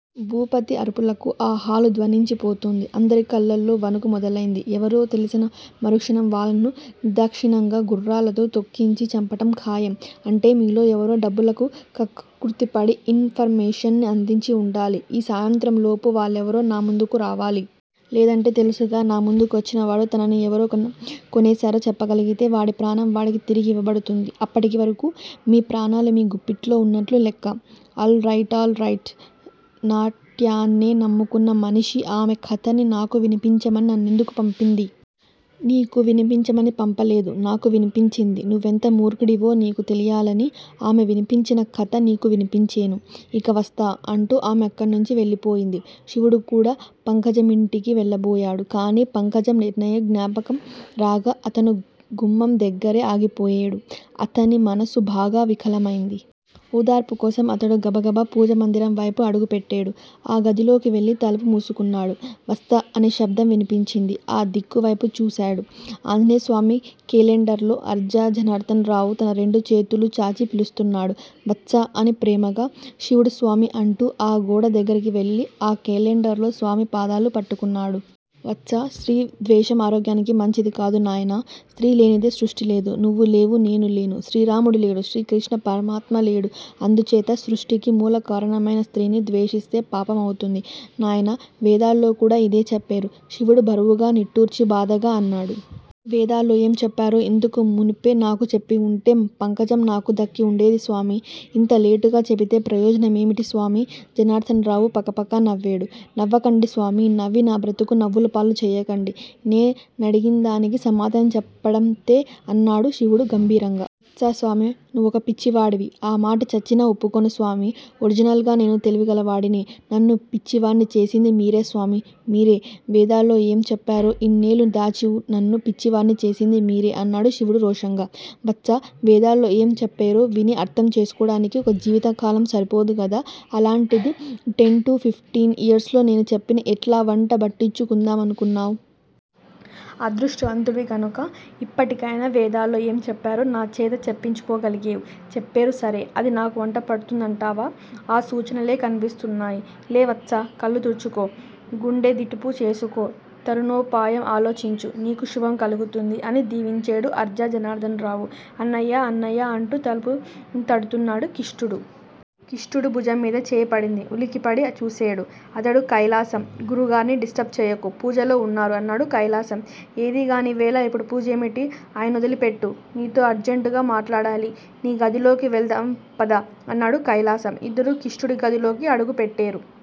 భూపతి అరుపులకి ఆ హాలు ధ్వనించి పోతోంది. అందరి కాళ్ళలో వణుకు మొదలయింది. ఎవరో తెల్సిన మరుక్షణం వాళ్ళను నిర్ధాక్షిణ్యంగా గుర్రాలతో తొక్కించి చంపటం ఖాయం. అంటే మీలో ఎవరో డబ్బులకి కక్కుర్తిపడి ఇన్ ఫర్మేషన్ అందించి వుండాలి. ఈ సాయంత్రంలోపు వాళ్ళెవరో నా ముందుకు రావాలి. లేదంటే తెలుసుగా! నా ముందుకు వచ్చినవాడు తనని ఎవరు కొనేసారో చెప్పగలిగితే వాడి ప్రాణం వాడికి తిరిగి ఇవ్వబడుతుంది. అప్పటి వరకు మీ ప్రాణాలు మీ గుప్పిట్లో ఉన్నట్లు లెక్క। All right all right! నాట్యాన్నే నమ్ముకున్న మనిషి-ఆమె కథని నాకు వినిపించమణి నిన్నెందుకు పంపింది? నీకు వినిపించమని పంపలేదు. నాకు వినిపించింది. నువ్వెంత మూర్ఖుడివో నీకు తెలియాలని ఆమె వినిపించిన కథ నీకు వినిపించేను. ఇక వస్తా. అంటూ ఆమె అక్కడ్నించి వెళ్ళిపోయింది. శివుడు కూడా పంకజమింటికి వెళ్ళబోయేడు. కానీ-పంకజం నిర్ణయం జ్ఞాపకంరాగా అతను గుమ్మందగ్గిరే ఆగిపోయేడు. అతని మనసు బాగా వికలమైంది. ఓదార్పు కోసం అతడు గబగబా పూజా మందిరం వేపు అడుగుపెట్టేడు. ఆ గదిలోకి వెళ్ళి తలుపు మూసుకున్నాడు. వత్సా అనే శబ్దం వినిపించింది. ఆ దిక్కువేపు చూసేడు. ఆంజనేయస్వామి కేలెండర్లో అర్జా జనార్ధనరావు తన రెండు చేతులూ చాచి పిలుస్తున్నాడు. వత్సా అని ప్రేమగా. శివుడు స్వామీ అంటూ ఆ గోడదగ్గరికి వెళ్ళి, ఆ కేలెండర్లో స్వామి పాదాలు పట్టుకున్నాడు. వత్సా! స్త్రీ ద్వేషం ఆరోగ్యానికి మంచిది కాదు నాయనా! స్త్రీ లేనిదే సృష్టిలేదు. నువ్వు లేవు. నేను లేను. శ్రీరాముడు లేడు. శ్రీకృష్ణపరమాత్మ లేడు. అందుచేత సృష్టికి మూలకారణమైన స్త్రీని ద్వేషిస్తే పాపమవుతుంది నాయనా! వేదాల్లో కూడా ఇదే చెప్పేరు! శివుడు బరువుగా నిట్టూర్చి బాధగా అన్నాడు. వేదాల్లో ఏం చెప్పేరో ఇంతకు మునుపే నాకు చెప్పివుంటే పంకజం నాకు దక్కివుండేది స్వామీ! ఇంత లేటుగా చెబితే ప్రయోజన మేమిటి స్వామీ! జనార్ధనరావు పకపకా నవ్వేడు. నవ్వకండి స్వామి! నవ్వి నా బ్రతుకు నవ్వులపాలు చేయకండి! నే నడిగిందానికి సమాధానం చెప్పండంతే! అన్నాడు శివుడు గంభీరంగా. వత్సా! స్వామీ నువ్వొక పిచ్చివాడివి! ఆ మాట చచ్చినా ఒప్పుకోను స్వామీ! ఒరిజినల్ గా నేను తెలివిగలవాడినే! నన్ను పిచ్చివాడ్ని చేసింది మీరే స్వామీ! మీరే! వేదాల్లో ఏం చెప్పారో ఇన్నేళ్ళూ దాచి నన్ను పిచ్చివాడ్ని చేసింది మీరే! అన్నాడు శివుడు రోషంగా. వత్సా! వేదాల్లో ఏం చెప్పేరో విని అర్థం చేసుకోడానికి ఒక జీవిత కాలం సరిపోదుగదా-అల్లాంటిది టెన్ టు ఫిఫ్టీన్ ఇయర్సులో-నేను చెప్పినా-ఎట్లా వంట బట్టించుకుందామనుకున్నావ్? అదృష్టవంతుడివి గనక ఇప్పటికైనా వేదాల్లో ఏం చెప్పేరో నాచేత చెప్పించుకోగలిగేవ్! చెప్పేరు సరే! అది నాకు వంటపడుతుందంటావా? ఆ సూచనలే కనిపిస్తున్నాయి! లే వత్సా! కళ్ళు తుడుచుకో! గుండెదిటవు చేసుకో? తరుణోపాయం ఆలోచించు. నీకు శుభం కలుగుతుంది! అని దీవించేడు అర్జా జనార్ధనరావు! అన్నయ్యా, అన్నయ్యా అంటూ తలుపు తడుతున్నాడు కిష్టుడు. కిష్టుడు భుజంమీద చేయిపడింది ఉలిక్కిపడి చూసేడు. అతడు కైలాసం! గురూగార్ని డిస్టర్బ్ చేయకు. పూజలో ఉన్నారు అన్నాడు కైలాసం. ఏదీగాని వేళ! ఇప్పుడు పూజేమిటి ఆయన్నొదిలిపెట్టు. నీతో అర్జంటుగా మాట్లాడాలి. నీ గదిలోకి వెడదాం పద! అన్నాడు కైలాసం. ఇద్దరూ కిష్టుడి గదిలోకి అడుగు పెట్టేరు.